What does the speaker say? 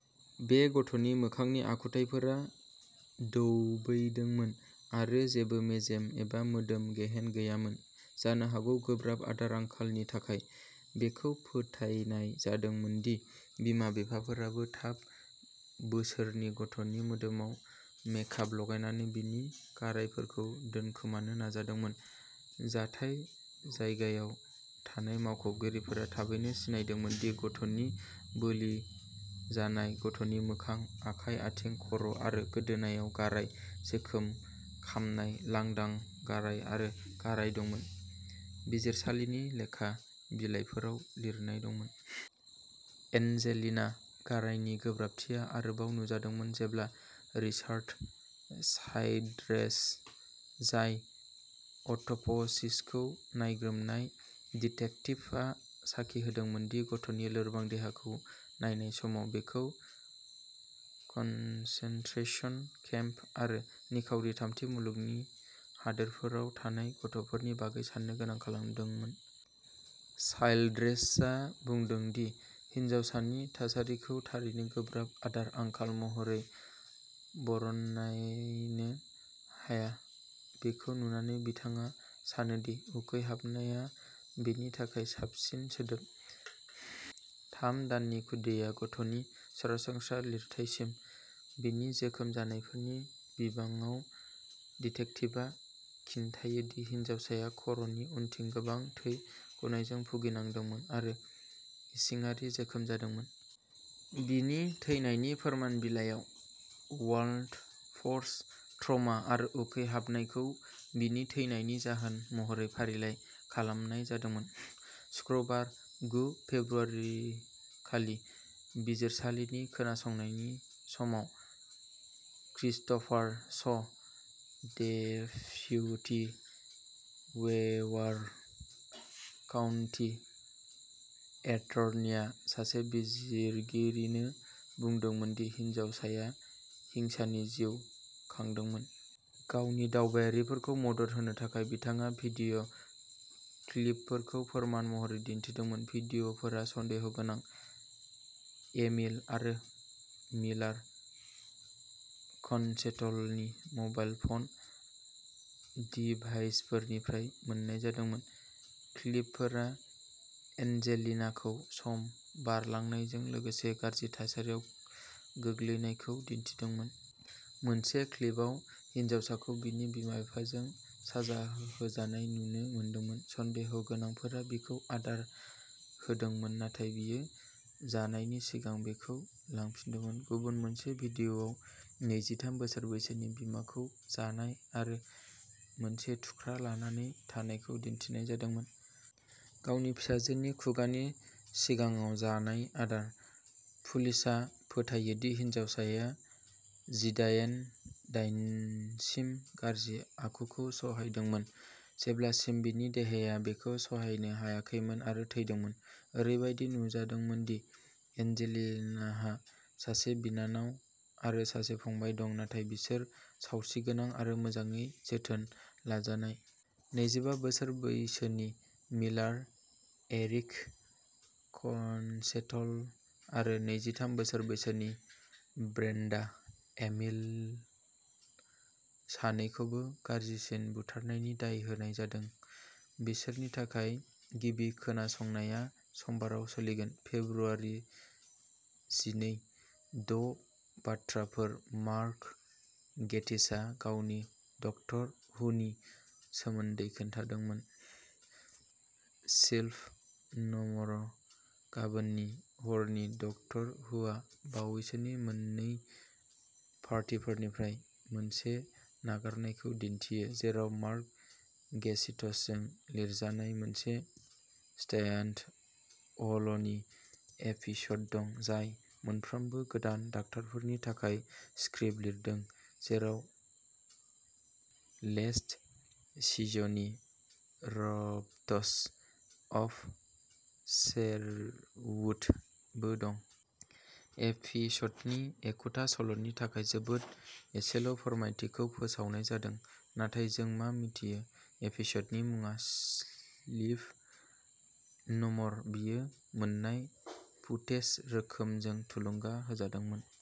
बे गथ'नि मोखांनि आखुथाइफोरा दोबैदोंमोन आरो जेबो मेजेम एबा मोदोम-गेहेन गैयैमोन, जानो हागौ गोब्राब आदार आंखालनि थाखाय। बेखौ फोथायनाय जादोंमोन दि बिमा-बिफाफोराबो थाम बोसोरनि गथ'नि मोदोमाव मेकाप लागायनानै बिनि गारायफोरखौ दोनखोमानो नाजादोंमोन। जाथाय जायगायाव थानाय मावख'गिरिफोरा थाबैनो सिनायदोंमोन दि गथ'नि बोलि जानाय गथ'नि मोखां, आखाइ, आथिं, खर'आरो गोदोनायाव गाराय, जोखोम, खामनाय, लांदां गाराय आरो गाराय दंमोन बिजिरसालिनि लेखा बिलाइफोराव लिरनाय दंमोन। एन्जेलिना गारायनि गोब्राबथिया आरोबाव नुजादोंमोन जेब्ला रिचार्ड चाइल्ड्रेस, जाय अट'प'सिसखौ नायग्रोमनाय डिटेक्टिभआ साखि होदोंमोन दि गथ'नि लोरबां देहाखौ नायनाय समाव, बिखौ कन्सेन्ट्रेशन केम्प आरो निखावरि थामथि मुलुगनि हादोरफोराव थानाय गथ'फोरनि बागै साननो गोनां खालामदोंमोन। चाइल्ड्रेसआ बुंदोंमोन दि हिनजावसानि थासारिखौ थारैनो गोब्राब आदार आंखाल महरैबो बरनायनो हाया। बेखौ नुनानै, बिथाङा सानो दि उखैहाबनाय आ बेनि थाखाय साबसिन सोदोब। थाम दाननि खुदिया गथनि सरासनस्रा लिरथाइसिम। बिनि जोखोम जानायफोरनि बिबाङाव, डिटेक्टिभआ खिन्थायो दि हिनजावसाया खर नि उनथिं गोबां थै गनायजों भुगिनांदोंमोन आरो इसिङारि जोखोम जादोंमोन। बिनि थैनायनि फोरमान बिलाइयाव, ब्लान्ट फर्स ट्रमा आरो उखैहाबनायखौ बिनि थैनायनि जाहोन महरै फारिलाइ खालामनाय जादोंमोन। सुक्रुबार, गु फेब्रुआरिखालि बिजिरसालिनि खोनासंनायनि समाव, Christopher Shaw, deputy Weber County एटर्नीआ सासे बिजिरगिरिनो बुंदोंमोन दि हिनजावसाया हिंसानि जिउ खांदोंमोन। गावनि दाबिफोरखौ मदद होनो थाखाय, बिथाङा भिडिअ क्लिपफोरखौ फोरमान महरै दिन्थिदोंमोन। भिडिअ फोरा सन्देह' गोनां एमिल आरो मिलार कस्टेल'नि मबाइल फ'न डिभाइसफोरनिफ्राय मोन्नाय जादोंमोन। क्लिपफोरा एन्जेलिनाखौ सम बारलांनायजों लोगोसे गाज्रि थासारियाव गोग्लैनायखौ दिन्थिदोंमोन। मोनसे क्लिपआव, हिनजावसाखौ बिनि बिमा-बिफाजों साजा होजानाय नुनो मोनदोंमोन। सन्देह' गोनांफोरा बिखौ आदार होदोंमोन नाथाय बियो जानायनि सिगां बेखौ लाफिनदोंमोन। गुबुन मोनसे वीडिय'आव नैजिथाम बोसोर बैसोनि बिमाखौ जानाय आरो मोनसे थुख्रा लानानै थानायखौ दिन्थिनाय जादोंमोन। गावनि फिसाजोनि खुगानि सिगाङाव जानाय आदार। पुलिसआ फोथायो दि हिनजावसाया जिदायेन दानसिम गाज्रि आखुखौ सहायदोंमोन जेब्लासिम बिनि देहाया बेखौ सहायनो हायाखैमोन आरो थैदोंमोन। ओरैबायदि नुजादोंमोन दि एन्जेलिनाहा सासे बिनानाव आरो सासे फंबाय दं नाथाय बिसोर सावस्रिगोनां आरो मोजाङै जोथोन लाजानाय। नैजिबा बोसोर बैसोनि मिलार एरिक कस्टेल' आरो नैजिथाम बोसोर बैसोनि ब्रेन्डा एमिल, सानैखौबो गाज्रिसिन बुथारनायनि दाय होनाय जादों। बिसोरनि थाखाय गिबि खोनासंनाया समबाराव सोलिगोन, फेब्रुआरि जिनै। द' बाथ्राफोर मार्क गेटिसआ गावनि डक्टर हुनि सोमोन्दै खिन्थादोंमोन, स्लिप न'मर गाबोननि हरनि डक्टर हुआ बावैसोनि मोननै पार्टारफोरनिफ्राय मोनसे नागारनायखौ दिन्थियो, जेराव मार्क गेटिसजों लिरजानाय मोनसे स्ट्यान्डअल'न एपिसड दं, जाय मोनफ्रोमबो गोदान डक्टरफोरनि थाखाय स्क्रिप्ट लिरदों, जेराव लेस्ट सिजननि रबट्स अफ शेरवुड बो दं। एपिसडनि एखुथा सल'नि थाखाय, जोबोद एसेल' फोरमायथिफोरखौ फोसावनाय जादों, नाथाय जों मा मिथियो एपिसडनि मुङा स्लिप न'मर बेयो मोन्नाय फुटेज रोखोमजों थुलुंगा होजादोंमोन।